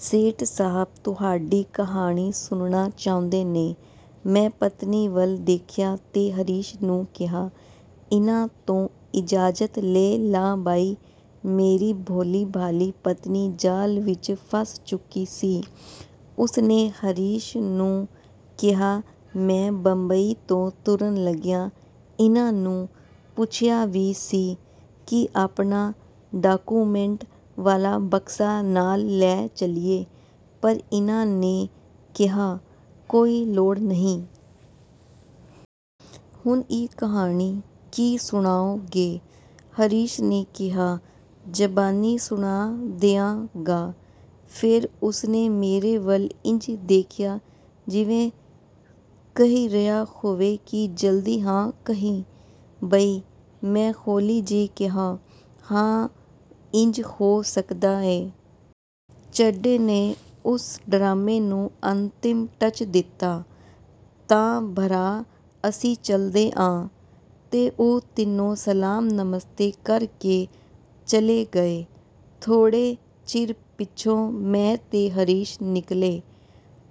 ਸੇਠ ਸਾਹਬ ਤੁਹਾਡੀ ਕਹਾਣੀ ਸੁਣਨਾ ਚਾਹੁੰਦੇ ਨੇ। "ਮੈਂ ਪਤਨੀ ਵੱਲ ਦੇਖਿਆ ਤੇ ਹਰੀਸ਼ ਨੂੰ ਕਿਹਾ, "ਇਹਨਾਂ ਤੋਂ ਇਜਾਜ਼ਤ ਲੈ ਲਾ ਬਈ। "ਮੇਰੀ ਭੋਲੀ-ਭਾਲੀ ਪਤਨੀ ਜਾਲ ਵਿਚ ਫਸ ਚੁੱਕੀ ਸੀ। ਉਸਨੇ ਹਰੀਸ਼ ਨੂੰ ਕਿਹਾ, "ਮੈਂ ਬੰਬਈ ਤੋਂ ਤੁਰਨ ਲੱਗਿਆਂ ਇਹਨਾਂ ਨੂੰ ਪੁੱਛਿਆ ਵੀ ਸੀ ਕਿ ਆਪਣਾ ਡਾਕੂਮੈਂਟ ਵਾਲਾ ਬਕਸਾ ਨਾਲ ਲੈ ਚੱਲੀਏ, ਪਰ ਇਹਨਾਂ ਨੇ ਕਿਹਾ, ਕੋਈ ਲੋੜ ਨਹੀਂ। ਹੁਣ ਇਹ ਕਹਾਣੀ ਕੀ ਸੁਣਾਉਣਗੇ? " ਹਰੀਸ਼ ਨੇ ਕਿਹਾ, "ਜਬਾਨੀ ਸੁਣਾ ਦਏਗਾ। " ਫੇਰ ਉਸਨੇ ਮੇਰੇ ਵੱਲ ਇੰਜ ਦੇਖਿਆ, ਜਿਵੇਂ ਕਹਿ ਰਿਹਾ ਹੋਵੇ ਕਿ ਜਲਦੀ ਹਾਂ ਕਹਿ ਬਈ। ਮੈਂ ਹੌਲੀ ਜਿਹੇ ਕਿਹਾ, "ਹਾਂ, ਇੰਜ ਹੋ ਸਕਦਾ ਏ। " ਚੱਡੇ ਨੇ ਉਸ ਡਰਾਮੇਂ ਨੂੰ ਅੰਤਿਮ ਟੱਚ ਦਿੱਤਾ, "ਤਾਂ ਭਰਾ ਅਸੀਂ ਚੱਲਦੇ ਆਂ। "ਤੇ ਉਹ ਤਿੰਨੇ ਸਲਾਮ-ਨਮਸਤੇ ਕਰਕੇ ਚਲੇ ਗਏ। ਥੋੜ੍ਹੇ ਚਿਰ ਪਿੱਛੋਂ ਮੈਂ ਤੇ ਹਰੀਸ਼ ਨਿਕਲੇ।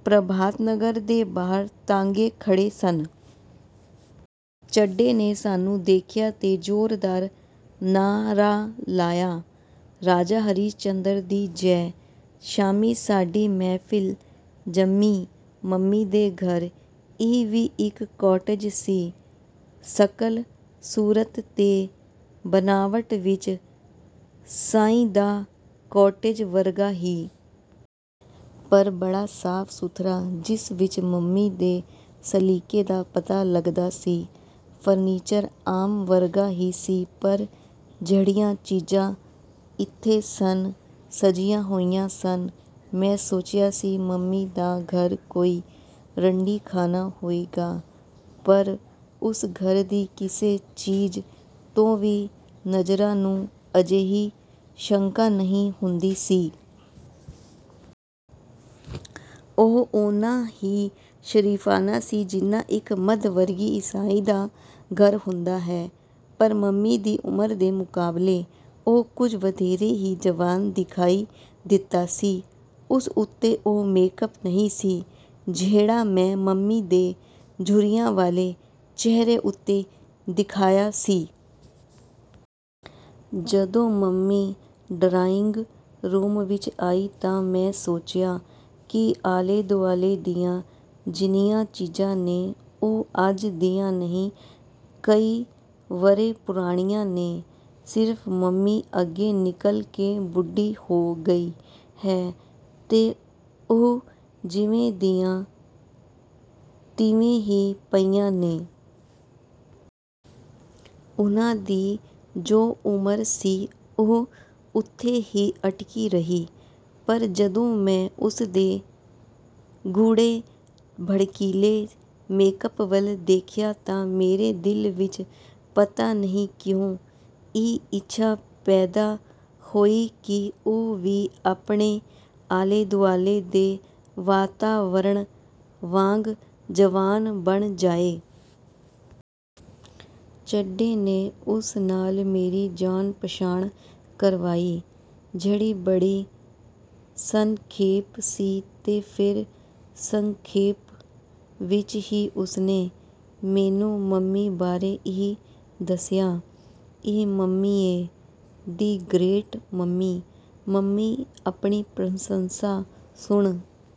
ਪ੍ਰਭਾਤਨਗਰ ਦੇ ਬਾਹਰ ਤਾਂਗੇ ਖੜ੍ਹੇ ਸਨ। ਚੱਡੇ ਨੇ ਸਾਨੂੰ ਦੇਖਿਆ ਤੇ ਜ਼ੋਰਦਾਰ ਨਾਅਰਾ ਲਾਇਆ, "ਰਾਜਾ ਹਰੀਸ਼ ਚੰਦਰ ਦੀ, ਜੈ! "ਸ਼ਾਮੀਂ ਸਾਡੀ ਮਹਿਫਲ ਜੰਮੀ, ਮੰਮੀ ਦੇ ਘਰ। ਇਹ ਵੀ ਇਕ ਕੋਟੇਜ ਸੀ। ਸਕਲ ਸੂਰਤ ਤੇ ਬਨਾਵਟ ਵਿਚ ਸਈਦਾ ਕੋਟੇਜ ਵਰਗਾ ਹੀ। ਪਰ ਬੜਾ ਸਾਫ-ਸੁਥਰਾ, ਜਿਸ ਵਿਚ ਮੰਮੀ ਦੇ ਸਲੀਕੇ ਦਾ ਪਤਾ ਲੱਗਦਾ ਸੀ। ਫਰਨੀਚਰ ਆਮ ਵਰਗਾ ਹੀ ਸੀ, ਪਰ ਜਿਹੜੀਆਂ ਚੀਜਾਂ ਇੱਥੇ ਸਨ, ਸਜੀਆਂ ਹੋਈਆਂ ਸਨ। ਮੈਂ ਸੋਚਿਆ ਸੀ ਮੰਮੀ ਦਾ ਘਰ ਕੋਈ ਰੰਡੀਖਾਨਾ ਹੋਏਗਾ, ਪਰ ਉਸ ਘਰ ਦੀ ਕਿਸੇ ਚੀਜ ਤੋਂ ਵੀ ਨਜਰਾਂ ਨੂੰ ਅਜਿਹੀ ਸ਼ੰਕਾ ਨਹੀਂ ਹੁੰਦੀ ਸੀ। ਓਹ ਓਨਾਂ ਹੀ ਸਰੀਫ਼ਾਨਾ ਸੀ ਜਿੰਨਾਂ ਇਕ ਮੱਧ ਵਰਗੀ ਈਸਾਈ ਦਾ ਘਰ ਹੁੰਦਾ ਹੈ। ਪਰ ਮੰਮੀ ਦੀ ਉਮਰ ਦੇ ਮੁਕਾਬਲੇ ਓਹ ਕੁਝ ਵਧੇਰੇ ਹੀ ਜਵਾਨ ਦਿਖਾਈ ਦਿੱਤਾ ਸੀ। ਉਸ ਉੱਤੇ ਉਹ ਮੇਕਅੱਪ ਨਹੀਂ ਸੀ, ਜਿਹੜਾ ਮੈਂ ਮੰਮੀ ਦੇ ਝੁਰੜੀਆਂ ਵਾਲੇ ਚਿਹਰੇ ਉੱਤੇ ਦਿਖਾਆ ਸੀ। ਜਦੋਂ ਮੰਮੀ ਡਰਾਇੰਗ ਰੂਮ ਵਿਚ ਆਈ ਤਾਂ ਮੈਂ ਸੋਚਿਆ ਕਿ ਆਲੇ-ਦੁਆਲੇ ਦੀਆਂ ਜਿੰਨੀਆਂ ਚੀਜਾਂ ਨੇ, ਓਹ ਅੱਜ ਦੀਆਂ ਨਹੀਂ ਕਈ ਵਰ੍ਹੇ ਪੁਰਾਣੀਆਂ ਨੇ, ਸਿਰਫ ਮੰਮੀ ਅੱਗੇ ਨਿਕਲ ਕੇ ਬੁੱਢੀ ਹੋ ਗਈ ਹੈ ਤੇ ਓਹ ਜਿਵੇਂ ਦੀਆਂ ਤਿਵੇਂ ਹੀ ਪਈਆਂ ਨੇ। ਉਹਨਾਂ ਦੀ ਜੋ ਉਮਰ ਸੀ, ਓਹ ਉੱਥੇ ਹੀ ਅਟਕੀ ਰਹੀ। ਪਰ ਜਦੋਂ ਮੈਂ ਉਸਦੇ ਗੂੜ੍ਹੇ ਭੜਕੀਲੇ ਮੇਕਅੱਪ ਵੱਲ ਦੇਖਿਆ ਤਾਂ ਮੇਰੇ ਦਿਲ ਵਿਚ ਪਤਾ ਨਹੀਂ ਕਿਉਂ, ਇਹ ਇੱਛਾ ਪੈਦਾ ਹੋਈ ਕਿ ਓਹ ਵੀ ਆਪਣੇ ਆਲੇ-ਦੁਆਲੇ ਦੇ ਵਾਤਾਵਰਣ ਵਾਂਗ ਜਵਾਨ ਬਣ ਜਾਏ। ਚੱਡੇ ਨੇ ਉਸ ਨਾਲ ਮੇਰੀ ਜਾਣ-ਪਛਾਣ ਕਰਵਾਈ, ਜਿਹੜੀ ਬੜੀ ਸੰਖੇਪ ਸੀ ਤੇ ਫੇਰ ਸੰਖੇਪ ਵਿਚ ਹੀ ਉਸਨੇ ਮੈਨੂੰ ਮੰਮੀ ਬਾਰੇ ਇਹ ਦੱਸਿਆ, "ਇਹ ਮੰਮੀ ਏਂ, ਦੀ ਗਰੇਟ ਮੰਮੀ। "ਮੰਮੀ ਆਪਣੀ ਪ੍ਰਸ਼ੰਸਾ ਸੁਣ